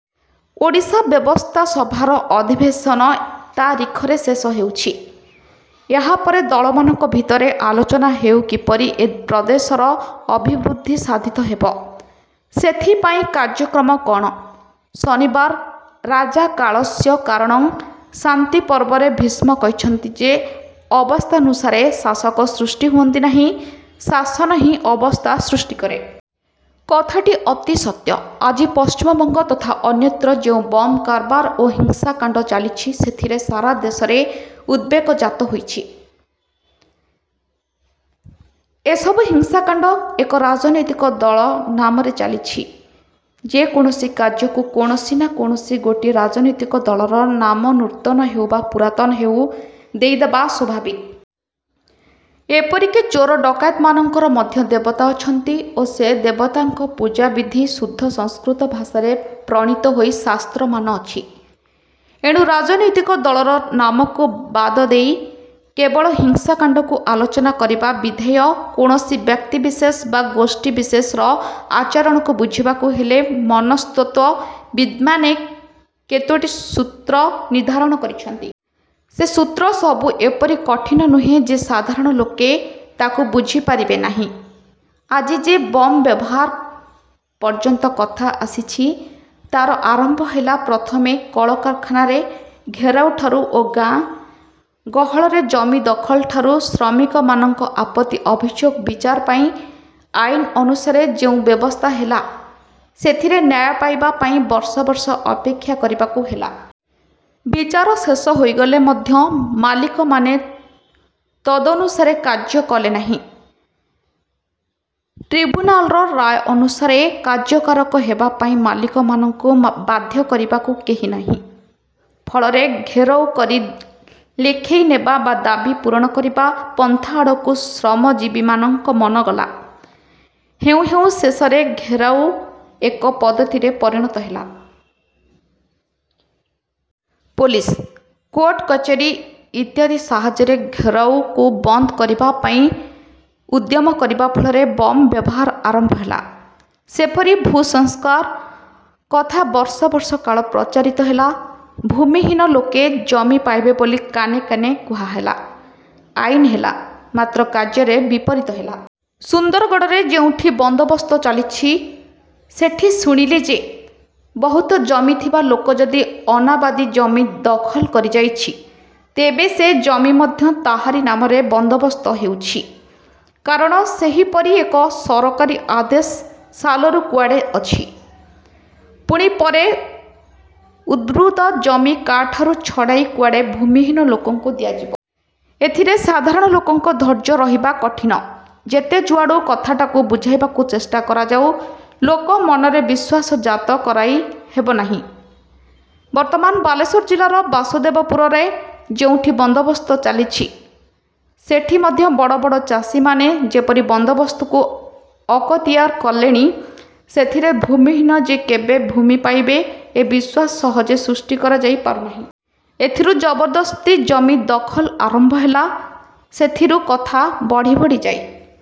ଓଡ଼ିଶା ବ୍ୟବସ୍ଥାସଭାର ଅଧିବେଶନ ତା ରିଖରେ ଶେଷ ହେଉଛି। ଏହାପରେ ଦଳମାନଙ୍କ ଭିତରେ ଆଲୋଚନା ହେଉ କିପରି ଏ ପ୍ରଦେଶର ଅଭିବୃଦ୍ଧି ସାଧିତ ହେବ। ସେଥିପାଇଁ କାର୍ଯ୍ୟକ୍ରମ କଅଣ? ଶନିବାର ରାଜା କାଳସ୍ୟ କାରଣଂ ଶାନ୍ତିପର୍ବରେ ଭୀଷ୍ମ କହିଛନ୍ତି ଯେ ଅବସ୍ଥାନୁସାରେ ଶାସକ ସୃଷ୍ଟି ହୁଅନ୍ତି ନାହିଁ; ଶାସନ ହିଁ ଅବସ୍ଥା ସୃଷ୍ଟି କରେ। କଥାଟି ଅତି ସତ୍ୟ। ଆଜି ପଶ୍ଚିମବଙ୍ଗ ତଥା ଅନ୍ୟତ୍ର ଯେଉଁ ବମ୍ କାରବାର ଓ ହିଂସାକାଣ୍ଡ ଚାଲିଛି, ସେଥିରେ ସାରା ଦେଶରେ ଉଦ୍ବେଗ ଜାତ ହୋଇଛି। ଏ ସବୁ ହିଂସାକାଣ୍ଡ ଏକ ରାଜନୈତିକ ଦଳ ନାମରେ ଚାଲିଛି। ଯେ କୌଣସି କାର୍ଯ୍ୟକୁ କୌଣସି ନା କୌଣସି ଗୋଟିଏ ରାଜନୈତିକ ଦଳର ନାମ ନୂତନ ହେଉ ବା ପୁରାତନ ହେଉ ଦେଇଦେବା ସ୍ୱାଭାବିକ। ଏପରିକି ଚୋର ଡକାୟତମାନଙ୍କର ମଧ୍ୟ ଦେବତା ଅଛନ୍ତି ଓ ସେ ଦେବତାଙ୍କ ପୂଜାବିଧି ଶୁଦ୍ଧ ସଂସ୍କୃତ ଭାଷାରେ ପ୍ରଣୀତ ହୋଇ ଶାସ୍ତ୍ରମାନ ଅଛି। ଏଣୁ ରାଜନୈତିକ ଦଳର ନାମକୁ ବାଦ ଦେଇ କେବଳ ହିଂସାକାଣ୍ଡକୁ ଆଲୋଚନା କରିବା ବିଧେୟ। କୌଣସି ବ୍ୟକ୍ତିବିଶେଷ ବା ଗୋଷ୍ଠୀବିଶେଷର ଆଚରଣକୁ ବୁଝିବାକୁ ହେଲେ ମନସ୍ତତ୍ତ୍ୱବିଦ୍ମାନେ କେତୋଟି ସୂତ୍ର ନିର୍ଦ୍ଧାରଣ କରିଛନ୍ତି। ସେ ସୂତ୍ର ସବୁ ଏପରି କଠିନ ନୁହେଁ ଯେ ସାଧାରଣ ଲୋକେ ତାକୁ ବୁଝି ପାରିବେନାହିଁ। ଆଜି ଯେ ବମ୍ ବ୍ୟବହାର ପର୍ଯ୍ୟନ୍ତ କଥା ଆସିଛି, ତା'ର ଆରମ୍ଭ ହେଲା ପ୍ରଥମେ କଳ କାରଖାନାରେ ଘେରଉଠାରୁ ଓ ଗାଁ। ଗହଳରେ ଜମି ଦଖଲ ଠାରୁ। ଶ୍ରମିକମାନଙ୍କ ଆପତ୍ତି ଅଭିଯୋଗ ବିଚାର ପାଇଁ ଆଇନ ଅନୁସାରେ ଯେଉଁ ବ୍ୟବସ୍ଥା ହେଲା, ସେଥିରେ ନ୍ୟାୟ ପାଇବା ପାଇଁ ବର୍ଷ ବର୍ଷ ଅପେକ୍ଷା କରିବାକୁ ହେଲା। ବିଚାର ଶେଷ ହୋଇଗଲେ ମଧ୍ୟ ମାଲିକମାନେ ତଦନୁସାରେ କାର୍ଯ୍ୟ କଲେନାହିଁ। ଟ୍ରିବ୍ୟୁନାଲର ରାୟ ଅନୁସାରେ କାର୍ଯ୍ୟକାରକ ହେବା ପାଇଁ ମାଲିକମାନଙ୍କୁ ବାଧ୍ୟ କରିବାକୁ କେହି ନାହିଁ। ଫଳରେ ଘେରଉ କରି ଲେଖେଇ ନେବା ବା ଦାବି ପୂରଣ କରିବା ପନ୍ଥାଆଡ଼କୁ ଶ୍ରମଜୀବୀମାନଙ୍କ ମନ ଗଲା। ହେଉଁ ହେଉଁ ଶେଷରେ ଘେରଉ ଏକ ପଦ୍ଧତିରେ ପରିଣତ ହେଲା। ପୋଲିସ, କୋର୍ଟ କଚେରୀ ଇତ୍ୟାଦି ସାହାଯ୍ୟରେ ଘେରୋଉକୁ ବନ୍ଦ କରିବା ପାଇଁ ଉଦ୍ୟମ କରିବା ଫଳରେ ବମ୍ ବ୍ୟବହାର ଆରମ୍ଭ ହେଲା। ସେପରି ଭୂସଂସ୍କାର କଥା ବର୍ଷ ବର୍ଷ କାଳ ପ୍ରଚାରିତ ହେଲା। ଭୂମିହୀନ ଲୋକେ ଜମି ପାଇବେ ବୋଲି କାନେ କାନେ କୁହାହେଲା। ଆଇନ ହେଲା; ମାତ୍ର କାର୍ଯ୍ୟରେ ବିପରୀତ ହେଲା। ସୁନ୍ଦରଗଡ଼ରେ ଯେଉଁଠି ବନ୍ଦୋବସ୍ତ ଚାଲିଛି, ସେଠି ଶୁଣିଲି ଯେ, ବହୁତ ଜମିଥିବା ଲୋକ ଯଦି ଅନାବାଦୀ ଜମି ଦଖଲ କରିଯାଇଛି, ତେବେ ସେ ଜମି ମଧ୍ୟ ତାହାରି ନାମରେ ବନ୍ଦୋବସ୍ତ ହେଉଛି; କାରଣ ସେହିପରି ଏକ ସରକାରୀ ଆଦେଶ ସାଲରୁ କୁଆଡ଼େ ଅଛି। ପୁଣି ପରେ ଉଦ୍ବୃତ୍ତ ଜମି କା'ଠାରୁ ଛଡ଼ାଇ କୁଆଡ଼େ ଭୂମିହୀନ ଲୋକଙ୍କୁ ଦିଆଯିବ। ଏଥିରେ ସାଧାରଣ ଲୋକଙ୍କ ଧୈର୍ଯ୍ୟ ରହିବା କଠିନ। ଯେତେ ଯୁଆଡ଼ୁ କଥାଟାକୁ ବୁଝାଇବାକୁ ଚେଷ୍ଟା କରାଯାଉ, ଲୋକ ମନରେ ବିଶ୍ୱାସ ଜାତ କରାଇ ହେବନାହିଁ। ବର୍ତ୍ତମାନ ବାଲେଶ୍ୱର ଜିଲ୍ଲାର ବାସୁଦେବପୁରରେ ଯେଉଁଠି ବନ୍ଦୋବସ୍ତ ଚାଲିଛି, ସେଠି ମଧ୍ୟ ବଡ଼ ବଡ଼ ଚାଷୀମାନେ ଯେପରି ବନ୍ଦୋବସ୍ତକୁ ଅକତିୟାର କଲେଣି, ସେଥିରେ ଭୂମିହୀନ ଯେ କେବେ ଭୂମି ପାଇବେ ଏ ବିଶ୍ୱାସ ସହଜେ ସୃଷ୍ଟି କରାଯାଇ ପାରୁନାହିଁ। ଏଇଥିରୁ ଜବରଦସ୍ତି ଜମି ଦଖଲ ଆରମ୍ଭ ହେଲା। ସେଥିରୁ କଥା ବଢ଼ି ବଢ଼ି ଯାଇ